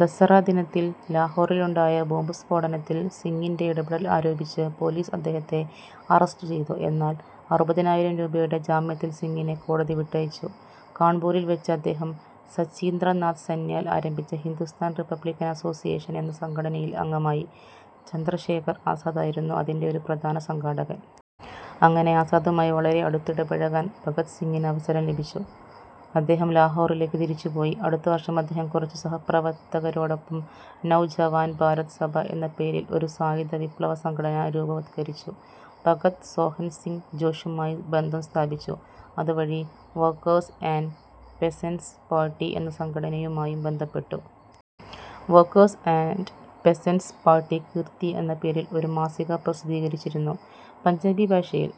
ദസ്സറ ദിനത്തിൽ ലാഹോറിലുണ്ടായ ബോംബുസ്ഫോടനത്തിൽ സിംഗിൻ്റെ ഇടപെടൽ ആരോപിച്ച് പോലീസ് അദ്ദേഹത്തെ അറസ്റ്റു ചെയ്തു. എന്നാൽ അറുപതിനായിരം രൂപയുടെ ജാമ്യത്തിൽ സിംഗിനെ കോടതി വിട്ടയച്ചു. കാൺപൂരിൽ വച്ച് അദ്ദേഹം സചീന്ദ്രനാഥ് സന്യാൽ ആരംഭിച്ച ഹിന്ദുസ്ഥാൻ റിപ്പബ്ലിക്കൻ അസോസിയേഷൻ എന്ന സംഘടനയിൽ അംഗമായി. ചന്ദ്രശേഖർ ആസാദായിരുന്നു അതിൻ്റെ ഒരു പ്രധാന സംഘാടകൻ. അങ്ങനെ ആസാദുമായി വളരെ അടുത്തിടപഴകാൻ ഭഗത് സിംഗിന് അവസരം ലഭിച്ചു. അദ്ദേഹം ലാഹോറിലേക്ക് തിരിച്ചു പോയി. അടുത്ത വർഷം അദ്ദേഹം കുറച്ചു സഹപ്രവർത്തകരോടൊപ്പം നൗജവാൻ ഭാരത് സഭ എന്ന പേരിൽ ഒരു സായുധ വിപ്ലവസംഘടന രൂപവത്കരിച്ചു. ഭഗത് സോഹൻസിംഗ് ജോഷുമായി ബന്ധം സ്ഥാപിച്ചു, അതുവഴി വർക്കേഴ്സ് ആൻഡ് പെസൻ്റ്സ് പാർട്ടി എന്ന സംഘടനയുമായും ബന്ധപ്പെട്ടു. Workers and peasants party Kirti എന്ന പേരിൽ ഒരു മാസിക പ്രസിദ്ധീകരിച്ചിരുന്നു പഞ്ചാബി ഭാഷയിൽ.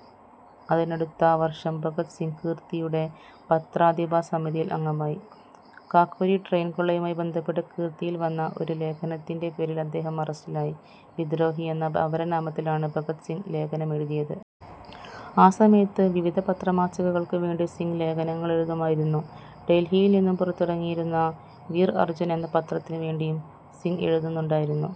അതിനടുത്ത വർഷം ഭഗത് സിംഗ് കീർത്തിയുടെ പത്രാധിപ സമിതിയിൽ അംഗമായി. കാക്കോരി ട്രെയിൻ കൊള്ളയുമായി ബന്ധപ്പെട്ടു കീർത്തിയിൽ വന്ന ഒരു ലേഖനത്തിൻ്റെ പേരിൽ അദ്ദേഹം അറസ്റ്റിലായി. വിദ്രോഹി എന്ന അപരനാമത്തിലാണ് ഭഗത് സിംഗ് ലേഖനമെഴുതിയത്. ആ സമയത്ത് വിവിധ പത്രമാസികകൾക്കുവേണ്ടി സിംഗ് ലേഖനങ്ങളെഴുതുമായിരുന്നു. ഡൽഹിയിൽ നിന്നും പുറത്തിറങ്ങിയിരുന്ന വീർ അർജ്ജുൻ എന്ന പത്രത്തിനു വേണ്ടിയും സിംഗ് എഴുതുന്നുണ്ടായിരുന്നു.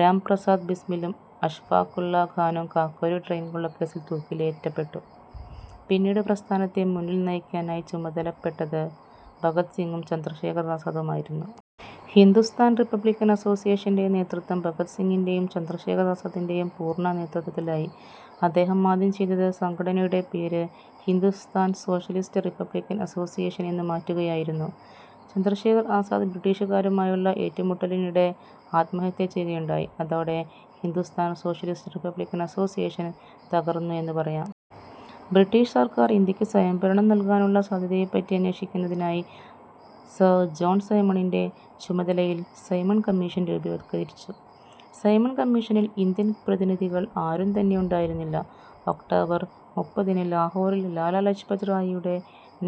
രാം പ്രസാദ് ബിസ്മിലും, അഷ്ഫാഖുല്ല ഖാനും കാകോരി ട്രെയിൻ കൊള്ളകേസിൽ തൂക്കിലേറ്റപ്പെട്ടു. പിന്നീട് പ്രസ്ഥാനത്തെ മുന്നിൽ നയിക്കാനായി ചുമതലപ്പെട്ടത് ഭഗത് സിംഗും, ചന്ദ്രശേഖർ ആസാദുമായിരുന്നു. ഹിന്ദുസ്ഥാൻ റിപ്പബ്ലിക്കൻ അസോസിയേഷൻ്റെ നേതൃത്വം ഭഗത് സിംഗിൻ്റെയും ചന്ദ്രശേഖർ ആസാദിൻ്റെയും പൂർണ്ണ നേതൃത്വത്തിലായി. അദ്ദേഹം ആദ്യം ചെയ്തത് സംഘടനയുടെ പേര് ഹിന്ദുസ്ഥാൻ സോഷ്യലിസ്റ്റ് റിപ്പബ്ലിക്കൻ അസോസിയേഷൻ എന്നു മാറ്റുകയായിരുന്നു. ചന്ദ്രശേഖർ ആസാദ് ബ്രിട്ടീഷുകാരുമായുള്ള ഏറ്റുമുട്ടലിനിടെ ആത്മഹത്യ ചെയ്യുകയുണ്ടായി, അതോടെ ഹിന്ദുസ്ഥാൻ സോഷ്യലിസ്റ്റ് റിപ്പബ്ലിക്കൻ അസോസിയേഷൻ തകർന്നു എന്നു പറയാം. ബ്രിട്ടീഷ് സർക്കാർ ഇന്ത്യക്ക് സ്വയംഭരണം നൽകാനുള്ള സാധ്യതയെപ്പറ്റി അന്വേഷിക്കുന്നതിനായി സർ ജോൺ സൈമണിൻ്റെ ചുമതലയിൽ സൈമൺ കമ്മീഷൻ രൂപവത്കരിച്ചു. സൈമൺ കമ്മീഷനിൽ ഇന്ത്യൻ പ്രതിനിധികൾ ആരും തന്നെ ഉണ്ടായിരുന്നില്ല. ഒക്ടോബർ മുപ്പതിന് ലാഹോറിൽ ലാലാ ലജ്പത് റായിയുടെ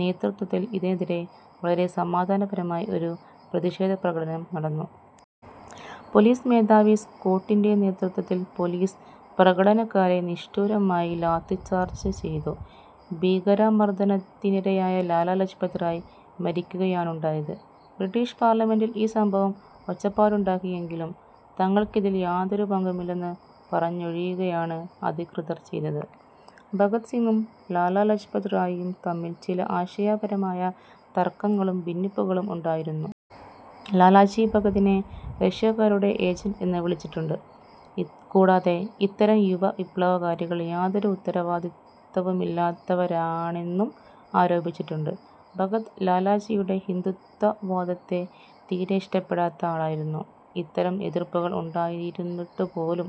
നേതൃത്വത്തിൽ ഇതിനെതിരെ വളരെ സമാധാനപരമായി ഒരു പ്രതിഷേധപ്രകടനം നടന്നു. പോലീസ് മേധാവി സ്കോട്ടിൻ്റെ നേതൃത്വത്തിൽ പോലീസ് പ്രകടനക്കാരെ നിഷ്ഠൂരമായി ലാത്തിച്ചാർജ് ചെയ്തു. ഭീകരമർദ്ദനത്തിനിരയായ ലാലാ ലജ്പത് റായി മരിക്കുകയാണുണ്ടായത്. ബ്രിട്ടീഷ് പാർലമെൻ്റിൽ ഈ സംഭവം ഒച്ചപ്പാടുണ്ടാക്കിയെങ്കിലും, തങ്ങൾക്കിതിൽ യാതൊരു പങ്കുമില്ലെന്നു പറഞ്ഞൊഴിയുകയാണ് അധികൃതർ ചെയ്തത്. ഭഗത് സിംഗും ലാലാ ലജ്പത് റായിയും തമ്മിൽ ചില ആശയപരമായ തർക്കങ്ങളും ഭിന്നിപ്പുകളും ഉണ്ടായിരുന്നു. ലാലാജി ഭഗതിനെ റഷ്യക്കാരുടെ ഏജൻ്റ് എന്ന് വിളിച്ചിട്ടുണ്ട്, കൂടാതെ ഇത്തരം യുവവിപ്ലവകാരികൾ യാതൊരു ഉത്തരവാദിത്തവുമില്ലാത്തവരാണെന്നും ആരോപിച്ചിട്ടുണ്ട്. ഭഗത് ലാലാജിയുടെ ഹിന്ദുത്വവാദത്തെ തീരെ ഇഷ്ടപ്പെടാത്ത ആളായിരുന്നു. ഇത്തരം എതിർപ്പുകൾ ഉണ്ടായിരുന്നിട്ടുപോലും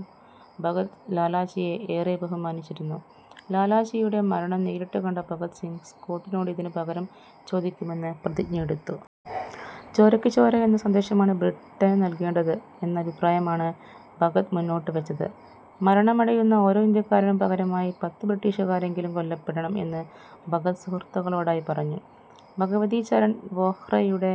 ഭഗത് ലാലാജിയെ ഏറെ ബഹുമാനിച്ചിരുന്നു. ലാലാജിയുടെ മരണം നേരിട്ടു കണ്ട ഭഗത് സിംഗ് സ്കോട്ടിനോട് ഇതിന് പകരം ചോദിക്കുമെന്ന് പ്രതിജ്ഞയെടുത്തു. ചോരക്കു ചോര എന്ന സന്ദേശമാണ് ബ്രിട്ടന് നൽകേണ്ടത് എന്ന അഭിപ്രായമാണ് ഭഗത് മുന്നോട്ടു വെച്ചത്. മരണമടയുന്ന ഓരോ ഇന്ത്യക്കാരനും പകരമായി പത്ത് ബ്രിട്ടീഷുകാരെങ്കിലും കൊല്ലപ്പെടണം എന്ന് ഭഗത് സുഹൃത്തുക്കളോടായി പറഞ്ഞു. ഭഗവതീ ചരൺ വോഹ്രയുടെ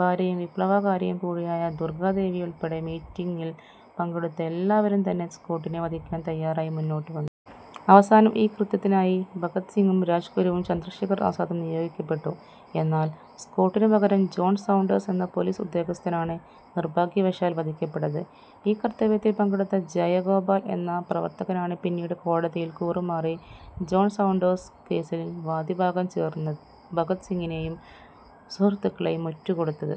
ഭാര്യയും വിപ്ലവകാരിയും കൂടിയായ ദുർഗ്ഗാദേവിയുൾപ്പെടെ മീറ്റിംഗിൽ പങ്കെടുത്ത എല്ലാവരും തന്നെ സ്കോട്ടിനെ വധിക്കാൻ തയ്യാറായി മുന്നോട്ടു വന്നു. അവസാനം ഈ കൃത്യത്തിനായി ഭഗത് സിംഗും, രാജ്ഗുരുവും, ചന്ദ്രശേഖർ ആസാദും നിയോഗിക്കപ്പെട്ടു. എന്നാൽ സ്കോട്ടിനു പകരം ജോൺ സൗണ്ടേഴ്സ് എന്ന പോലീസ് ഉദ്യോഗസ്ഥനാണ് നിർഭാഗ്യവശാൽ വധിക്കപ്പെട്ടത്. ഈ കർത്തവ്യത്തിൽ പങ്കെടുത്ത ജയഗോപാൽ എന്ന പ്രവർത്തകനാണ് പിന്നീട് കോടതിയിൽ കൂറുമാറി ജോൺ സൗണ്ടേഴ്സ് കേസിൽ വാദിഭാഗം ചേർന്ന് ഭഗത് സിംഗിനെയും സുഹൃത്തുക്കളെയും ഒറ്റുകൊടുത്തത്.